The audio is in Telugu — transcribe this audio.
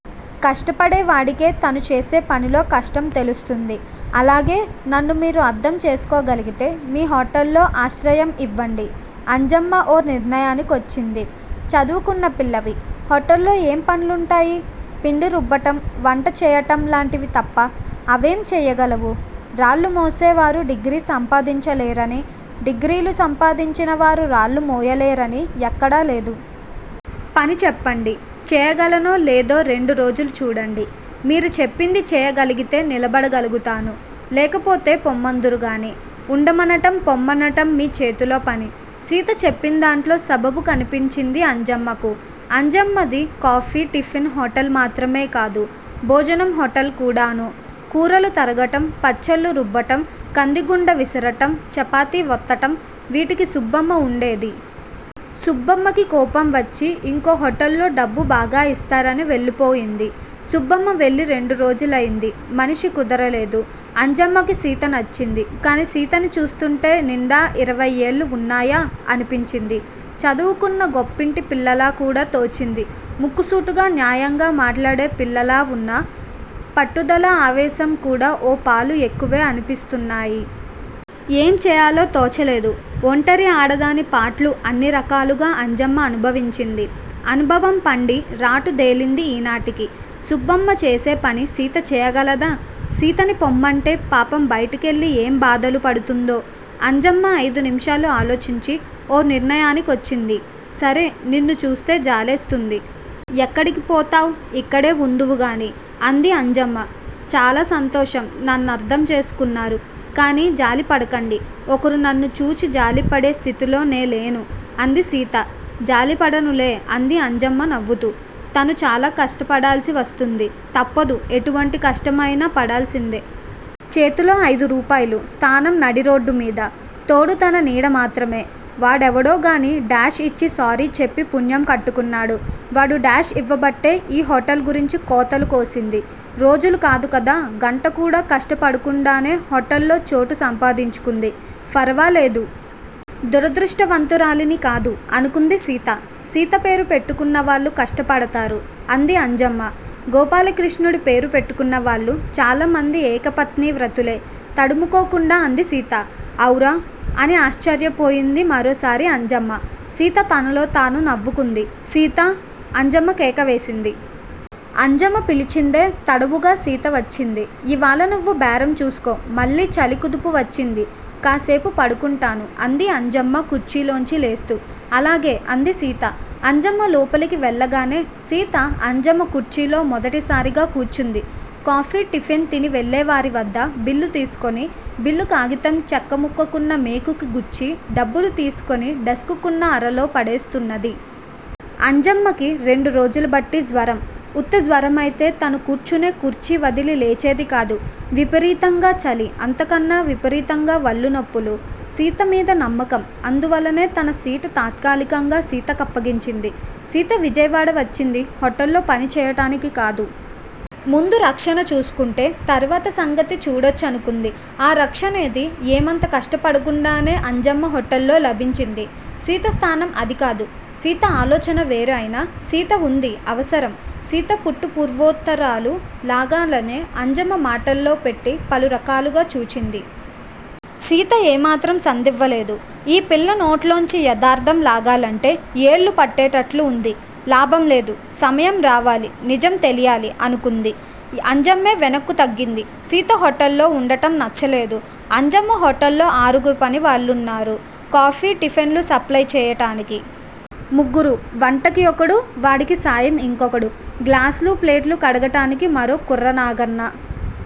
కష్టపడే వాడికే తను చేసే పనిలో కష్టం తెలుస్తుంది. అలాగే నన్ను మీరు అర్థం చేసుకోగలిగితే, మీ హొటల్లో ఆశ్రయం ఇవ్వండి. అంజమ్మ ఓ నిర్ణయాని కొచ్చింది. చదువుకున్న పిల్లవి, హొటల్లో ఏం పనులుంటాయి? పిండి రుబ్బటం, వంట చేయటంలాంటివి తప్ప! అవేం చేయగలవు? రాళ్ళు మోసేవారు డిగ్రీ సంపాదించలేరని, డిగ్రీలు సంపాదించిన వారు రాళ్లు మోయలేరని, ఎక్కడా లేదు. పని చెప్పండి. చేయగలనో లేదో రెండురోజులు చూడండి! మీరు చెప్పింది చేయగలిగితే నిలబడగలుగుతాను! లేకపోతే పోమ్మందురు గాని ఉండమనటం, పోమ్మనటం మీ చేతిలో పని. సీత చెప్పిందాంట్లో సబబు కనిపించింది అంజమ్మకు. అంజమ్మది కాఫీ, టిఫెన్ హొటల్ మాత్రమేకాదు. భోజనం హొటల్ కూడాను. కూరలు తరగటం, పచ్చళ్లు రుబ్బటం, కందిగుండ విసరటం, చపాతీ వత్తటం, వీటికి సుబ్బమ్మ వుండేది. సుబ్బమ్మకి కోపం వచ్చి ఇంకో హొటల్లో డబ్బు బాగా ఇస్తారని వెళ్ళిపోయింది. సుబ్బమ్మ వెళ్ళి రెండురోజులయింది మనిషి కుదరలేదు. అంజమ్మకి సీత నచ్చింది! కానీ సీతని చూస్తుంటే నిండా ఇరవై ఏళ్ళు వున్నాయా? అనిపించింది. చదువుకున్న గొప్పింటి పిల్లలా కూడా తోచింది. ముక్కుసూటిగా న్యాయంగా మాట్లాడే పిల్లలా వున్నా, పట్టుదల, ఆవేశం కూడా ఓ పాలు ఎక్కూవే అనిపిస్తున్నాయి. ఏం చేయాలో తోచలేదు. ఒంటరి ఆడదాని పాట్లు అన్ని రకాలుగా అంజమ్మ అనుభవించింది! అనుభవం పండి రాటు దేలింది ఈనాటికి. సుబ్బమ్మ చేసేపని సీత చేయగలదా? సీతని పొమ్మంటే పాపం బైటకెళ్ళి ఏం బాధలుపడుతుందో? అంజమ్మ అయిదు నిముషాలు ఆలోచించి ఓ నిర్ణయాని కొచ్చింది. సరే, నిన్నుచూస్తే జాలేస్తుంది! ఎక్కడికిపోతావ్? ఇక్కడే వుందువు గాని. అంది అంజమ్మ. చాలా సంతోషం! నన్నర్థం చేసుకున్నారు. కానీ జాలిపడకండి! ఒకరు నన్ను చూచి జాలిపడే స్థితిలో నే లేను. అంది సీత. జాలిపడనులే అంది అంజమ్మ నవ్వుతూ. తను చాలా కష్టపడాల్సి వస్తుంది. తప్పదు ఎటువంటి కష్టమయినా పడాల్సిందే. చేతిలో అయిదు రూపాయలు, స్థానం నడిరోడ్డుమీద, తోడు తన నీడమాత్రమే! వాడెవడోగానీ డాష్ ఇచ్చి సారీ చెప్పి పుణ్యం కట్టుకున్నాడు. వాడు డాష్ ఇవ్వబట్టే ఈ హొటల్ గురించి కోతలు కోసింది. రోజులు కాదుకదా, గంట కూడా కష్ట పడకుండానే హొటల్లో చోటు సంపాదించుకుంది! ఫరవాలేదు! దురదృష్టవంతురాలీని కాదు. అనుకుంది సీత. సీత పేరు పెట్టుకున్నవాళ్ళు కష్ట పడతారు. అంది అంజమ్మ. గోపాలకృష్ణుడి పేరు పెట్టుకున్నవాళ్లు చాలా మంది ఏకపత్నీ వ్రతులే! తడుముకోకుండా అంది సీత! ఔరా! అని ఆశ్చర్యపోయింది మరోసారి అంజమ్మ. సీత తనలో తాను నవ్వుకుంది! సీతా! అంజమ్మ కేకవేసింది. అంజమ్మ పిలిచిందే తడవుగా సీత వచ్చింది. ఇవాళ నువ్వు బేరం చూసుకో, మళ్ళీ చలి కుదుపు వచ్చింది, కాసేపు పడుకుంటాను. అంది అంజమ్మ కుర్చీలోంచి లేస్తూ. అలాగే. అంది సీత. అంజమ్మ లోపలికి వెళ్ళగానే సీత, అంజమ్మ కుర్చీలో మొదటి సారిగా కూర్చుంది. కాఫి, టిఫెన్ తిని వెళ్ళేవారి వద్ద బిల్లుతీసుకుని బిల్లు కాగితం చెక్కముక్కకున్న మేకుకి గుచ్చి డబ్బులు తీసుకుని డస్కుకున్న అరలో పడేస్తున్నది. అంజమ్మకి రెండు రోజుల బట్టి జ్వరం. ఉత్త జ్వరమయితే తను కూర్చునే కుర్చీ వదిలి లేచేదికాదు. విపరీతంగా చలి. అంతకన్నా విపరీతంగా వళ్ళు నొప్పులు. సీత మీద నమ్మకం. అందువల్లనే తన సీటు తాత్కాలికంగా సీతకప్పగించింది. సీత విజయవాడ వచ్చింది హొటల్లో పని చేయటానికి కాదు. ముందు రక్షణ చూసుకుంటే తర్వాత సంగతి చూడొచ్చనుకుంది. ఆ రక్షణనేది ఏమంత కష్టపడకుండానే అంజమ్మ హొటల్లో లభించింది. సీత స్థానం అది కాదు, సీత ఆలోచన వేరు అయినా, సీత వుంది, అవసరం. సీత పుట్టు పూర్వోత్తరాలు లాగాలనే అంజమ్మ మాటల్లో పెట్టి పలురకాలుగా చూచింది. సీత ఏమాత్రం సందివ్వలేదు. ఈ పిల్ల నోట్లోంచి యదార్థం లాగాలంటే ఏళ్లు పట్టేటట్లు వుంది. లాభంలేదు, సమయం రావాలి నిజం తెలియాలి. అనుకుంది. అంజమ్మే వెనక్కు తగ్గింది. సీత హొటల్లో వుండటం నచ్చలేదు. అంజమ్మ హొటల్లో ఆరుగురు పని వాళ్లున్నారు. కాఫీ, టిఫెన్లు సప్లయి చేయటానికి ముగ్గురు, వంటకి ఒకడు, వాడికి సాయం ఇంకొకడు, గ్లాసులు ప్లేట్లు కడగటానికి మరో కుర్రనాగన్న,